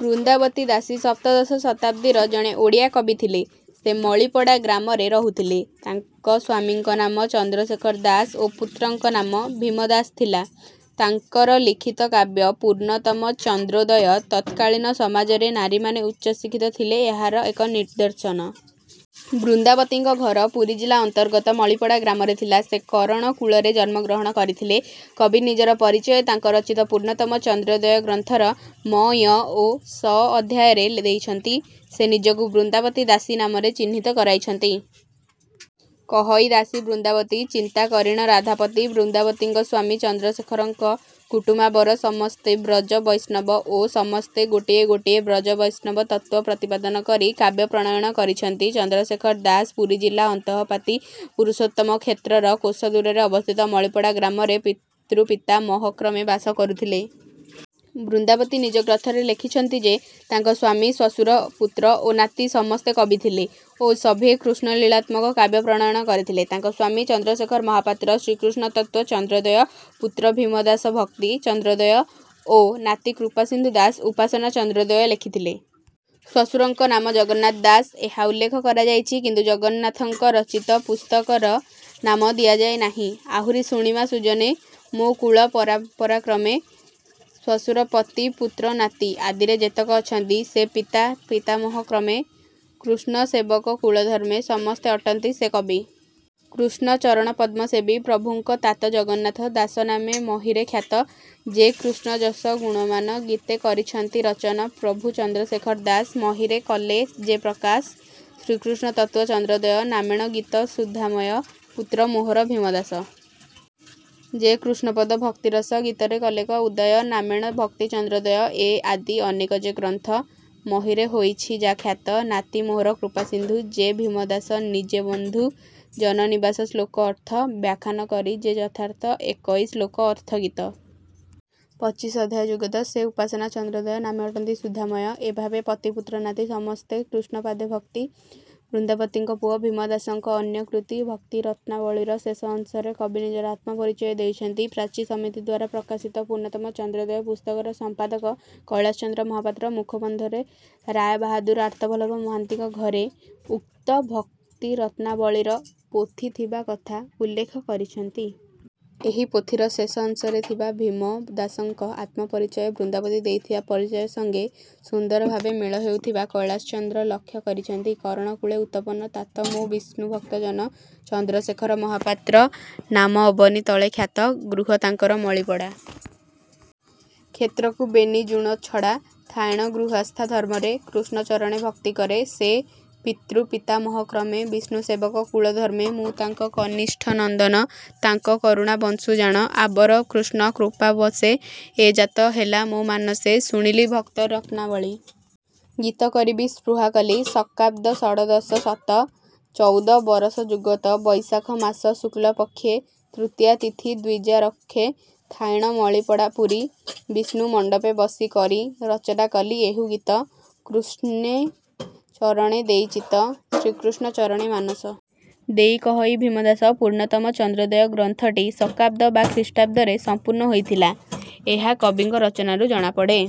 ବୃନ୍ଦାବତୀ ଦାସୀ ସପ୍ତଦଶ ଶତାବ୍ଦୀର ଜଣେ ଓଡ଼ିଆ କବି ଥିଲେ। ସେ ମଳିପଡ଼ା ଗ୍ରାମରେ ରହୁଥିଲେ। ତାଙ୍କ ସ୍ୱାମୀଙ୍କ ନାମ ଚନ୍ଦ୍ରଶେଖର ଦାସ ଓ ପୁତ୍ରଙ୍କ ନାମ ଭୀମ ଦାସ ଥିଲା। ତାଙ୍କର ଲିଖିତ କାବ୍ୟ 'ପୂର୍ଣ୍ଣତମ ଚନ୍ଦ୍ରୋଦୟ' ତତ୍କାଳୀନ ସମାଜରେ ନାରୀମାନେ ଉଚ୍ଚଶିକ୍ଷିତ ଥିଲେ ଏହାର ଏକ ନିଦର୍ଶନ। ବୃନ୍ଦାବତୀଙ୍କ ଘର ପୁରୀ ଜିଲ୍ଲା ଅନ୍ତର୍ଗତ ମଳିପଡ଼ା ଗ୍ରାମରେ ଥିଲା। ସେ କରଣକୁଳରେ ଜନ୍ମଗ୍ରହଣ କରିଥିଲେ। କବି ନିଜର ପରିଚୟ ତାଙ୍କ ରଚିତ ପୂର୍ଣ୍ଣତମ ଚନ୍ଦ୍ରୋଦୟ ଗ୍ରନ୍ଥର ମ, ୟ ଓ ଶ ଅଧ୍ୟାୟରେ ଦେଇଛନ୍ତି। ସେ ନିଜକୁ 'ବୃନ୍ଦାବତୀ ଦାସୀ' ନାମରେ ଚିହ୍ନିତ କରାଇଛନ୍ତି। କହଇ ଦାସୀ ବୃନ୍ଦାବତୀ। ଚିନ୍ତା କରିଣ ରାଧାପତି। ବୃନ୍ଦାବତୀଙ୍କ ସ୍ୱାମୀ ଚନ୍ଦ୍ରଶେଖରଙ୍କ କୁଟୁମାବର ସମସ୍ତେ ବ୍ରଜ ବୈଷ୍ଣବ ଓ ସମସ୍ତେ ଗୋଟିଏ ଗୋଟିଏ ବ୍ରଜବୈଷ୍ଣବ ତତ୍ତ୍ୱ ପ୍ରତିପାଦନ କରି କାବ୍ୟ ପ୍ରଣୟନ କରିଛନ୍ତି। ଚନ୍ଦ୍ରଶେଖର ଦାସ ପୁରୀଜିଲ୍ଲା ଅନ୍ତଃପାତି ପୁରୁଷୋତ୍ତମ କ୍ଷେତ୍ରର କୋଶ ଦୂରରେ ଅବସ୍ଥିତ ମଳିପଡ଼ା ଗ୍ରାମରେ ପିତୃପିତାମହକ୍ରମେ ବାସ କରୁଥିଲେ। ବୃନ୍ଦାବତୀ ନିଜ ଗ୍ରନ୍ଥରେ ଲେଖିଛନ୍ତି ଯେ ତାଙ୍କ ସ୍ୱାମୀ, ଶ୍ୱଶୁର, ପୁତ୍ର ଓ ନାତି ସମସ୍ତେ କବି ଥିଲେ ଓ ସଭିଏଁ କୃଷ୍ଣଲୀଳାତ୍ମକ କାବ୍ୟ ପ୍ରଣୟନ କରିଥିଲେ। ତାଙ୍କ ସ୍ୱାମୀ ଚନ୍ଦ୍ରଶେଖର ମହାପାତ୍ର ଶ୍ରୀକୃଷ୍ଣତତ୍ତ୍ୱ ଚନ୍ଦ୍ରୋଦୟ, ପୁତ୍ର ଭୀମଦାସ ଭକ୍ତି ଚନ୍ଦ୍ରୋଦୟ ଓ ନାତି କୃପାସିନ୍ଧୁ ଦାସ ଉପାସନା ଚନ୍ଦ୍ରୋଦୟ ଲେଖିଥିଲେ। ଶ୍ୱଶୁରଙ୍କ ନାମ ଜଗନ୍ନାଥ ଦାସ ଏହା ଉଲ୍ଲେଖ କରାଯାଇଛି କିନ୍ତୁ ଜଗନ୍ନାଥଙ୍କ ରଚିତ ପୁସ୍ତକର ନାମ ଦିଆଯାଇନାହିଁ। ଆହୁରି ଶୁଣିମା ସୁଜନେ। ମୋ କୁଳ ପରମ୍ପରାକ୍ରମେ। ଶ୍ୱଶୁର ପତି ପୁତ୍ର ନାତି। ଆଦିରେ ଯେତେକ ଅଛନ୍ତି। ସେ ପିତା ପିତାମହକ୍ରମେ। କୃଷ୍ଣ ସେବକ କୁଳଧର୍ମେ। ସମସ୍ତେ ଅଟନ୍ତି ସେ କବି। କୃଷ୍ଣ ଚରଣପଦ୍ମ ସେବି। ପ୍ରଭୁଙ୍କ ତାତ ଜଗନ୍ନାଥ। ଦାସ ନାମେ ମହୀରେ ଖ୍ୟାତ। ଯେ କୃଷ୍ଣ ଯଶ ଗୁଣମାନ। ଗୀତେ କରିଛନ୍ତି ରଚନ। ପ୍ରଭୁ ଚନ୍ଦ୍ରଶେଖର ଦାସ। ମହୀରେ କଲେ ଯେ ପ୍ରକାଶ। ଶ୍ରୀକୃଷ୍ଣ ତତ୍ତ୍ୱ ଚନ୍ଦ୍ରୋଦୟ। ନାମେଣ ଗୀତ ସୁଧାମୟ। ପୁତ୍ର ମୋହର ଭୀମଦାସ। ଯେ କୃଷ୍ଣପଦ ଭକ୍ତିରସ। ଗୀତରେ କଲେକ ଉଦୟ। ନାମେଣ ଭକ୍ତି ଚନ୍ଦ୍ରୋଦୟ। ଏ ଆଦି ଅନେକ ଯେ ଗ୍ରନ୍ଥ। ମହୀରେ ହୋଇଛି ଯା ଖ୍ୟାତ। ନାତି ମୋହର କୃପାସିନ୍ଧୁ। ଯେ ଭୀମଦାସ ନିଜ ବନ୍ଧୁ। ଜନନିବାସ ଶ୍ଳୋକ ଅର୍ଥ। ବ୍ୟାଖ୍ୟାନ କରି ଯେ ଯଥାର୍ଥ। ଏକଇ ଶ୍ଳୋକ ଅର୍ଥଗୀତ। ପଚିଶ ଅଧ୍ୟାୟ ଯୁଗତ। ସେ ଉପାସନା ଚନ୍ଦ୍ରୋଦୟ। ନାମେ ଅଟନ୍ତି ସୁଧାମୟ। ଏଭାବେ ପତି ପୁତ୍ର ନାତି। ସମସ୍ତେ କୃଷ୍ଣ ପାଦେ ଭକ୍ତି। ବୃନ୍ଦାବତୀଙ୍କ ପୁଅ ଭୀମଦାସଙ୍କ ଅନ୍ୟ କୃତି ଭକ୍ତିରତ୍ନାବଳୀର ଶେଷ ଅଂଶରେ କବି ନିଜର ଆତ୍ମପରିଚୟ ଦେଇଛନ୍ତି। ପ୍ରାଚୀ ସମିତିଦ୍ୱାରା ପ୍ରକାଶିତ ପୂର୍ଣ୍ଣତମ ଚନ୍ଦ୍ରୋଦୟ ପୁସ୍ତକର ସମ୍ପାଦକ କୈଳାସଚନ୍ଦ୍ର ମହାପାତ୍ର ମୁଖବନ୍ଧରେ ରାୟ ବାହାଦୁର ଆର୍ତ୍ତବଲ୍ଲଭ ମହାନ୍ତିଙ୍କ ଘରେ ଉକ୍ତ ଭକ୍ତିରତ୍ନାବଳୀର ପୋଥି ଥିବା କଥା ଉଲ୍ଲେଖ କରିଛନ୍ତି। ଏହି ପୋଥିର ଶେଷ ଅଂଶରେ ଥିବା ଭୀମ ଦାସଙ୍କ ଆତ୍ମପରିଚୟ ବୃନ୍ଦାବତୀ ଦେଇଥିବା ପରିଚୟ ସଙ୍ଗେ ସୁନ୍ଦର ଭାବେ ମେଳ ହେଉଥିବା କୈଳାସଚନ୍ଦ୍ର ଲକ୍ଷ୍ୟ କରିଛନ୍ତି। କରଣ କୁଳେ ଉତପନ। ତାତ ମୋ ବିଷ୍ଣୁଭକ୍ତ ଜନ। ଚନ୍ଦ୍ରଶେଖର ମହାପାତ୍ର। ନାମ ଅବନୀ ତଳେ ଖ୍ୟାତ। ଗୃହ ତାଙ୍କର ମଳିପଡ଼ା। କ୍ଷେତ୍ରକୁ ବେନି ଯୁଣ ଛଡ଼ା। ଥାଇଣ ଗୃହସ୍ଥା ଧର୍ମରେ। କୃଷ୍ଣ ଚରଣେ ଭକ୍ତି କରେ। ସେ ପିତୃପିତାମହକ୍ରମେ। ବିଷ୍ଣୁ ସେବକ କୁଳଧର୍ମେ। ମୁଁ ତାଙ୍କ କନିଷ୍ଠ ନନ୍ଦନ। ତାଙ୍କ କରୁଣା ବଶୁଁ ଜାଣ। ଆବର କୃଷ୍ଣ କୃପାବଶେ। ଏ ଜାତ ହେଲା ମୋ ମାନସେ। ଶୁଣିଲି ଭକ୍ତିରତ୍ନାବଳୀ। ଗୀତ କରିବି ସ୍ପୃହା କଲି। ଶକାବ୍ଦ ଷଡ଼ଦଶ ଶତ। ଚଉଦ ବରଷ ଯୁଗତ। ବୈଶାଖମାସ ଶୁକ୍ଳ ପକ୍ଷେ। ତୃତୀୟା ତିଥି ଦ୍ୱିଜା ଋକ୍ଷେ। ଥାଇଣ ମଳିପଡ଼ା ପୁରୀ। ବିଷ୍ଣୁ ମଣ୍ଡପେ ବସି କରି। ରଚନା କଲି ଏହୁ ଗୀତ। କୃଷ୍ଣ ଚରଣେ ଦେଇ ଚିତ୍ତ। ଶ୍ରୀକୃଷ୍ଣ ଚରଣେ ମାନସ। ଦେଇ କହଇ ଭୀମଦାସ। 'ପୂର୍ଣ୍ଣତମ ଚନ୍ଦ୍ରୋଦୟ' ଗ୍ରନ୍ଥଟି ଶକାବ୍ଦ ବା ଖ୍ରୀଷ୍ଟାବ୍ଦ ରେ ସମ୍ପୂର୍ଣ୍ଣ ହୋଇଥିଲା ଏହା କବିଙ୍କ ରଚନାରୁ ଜଣାପଡ଼େ।।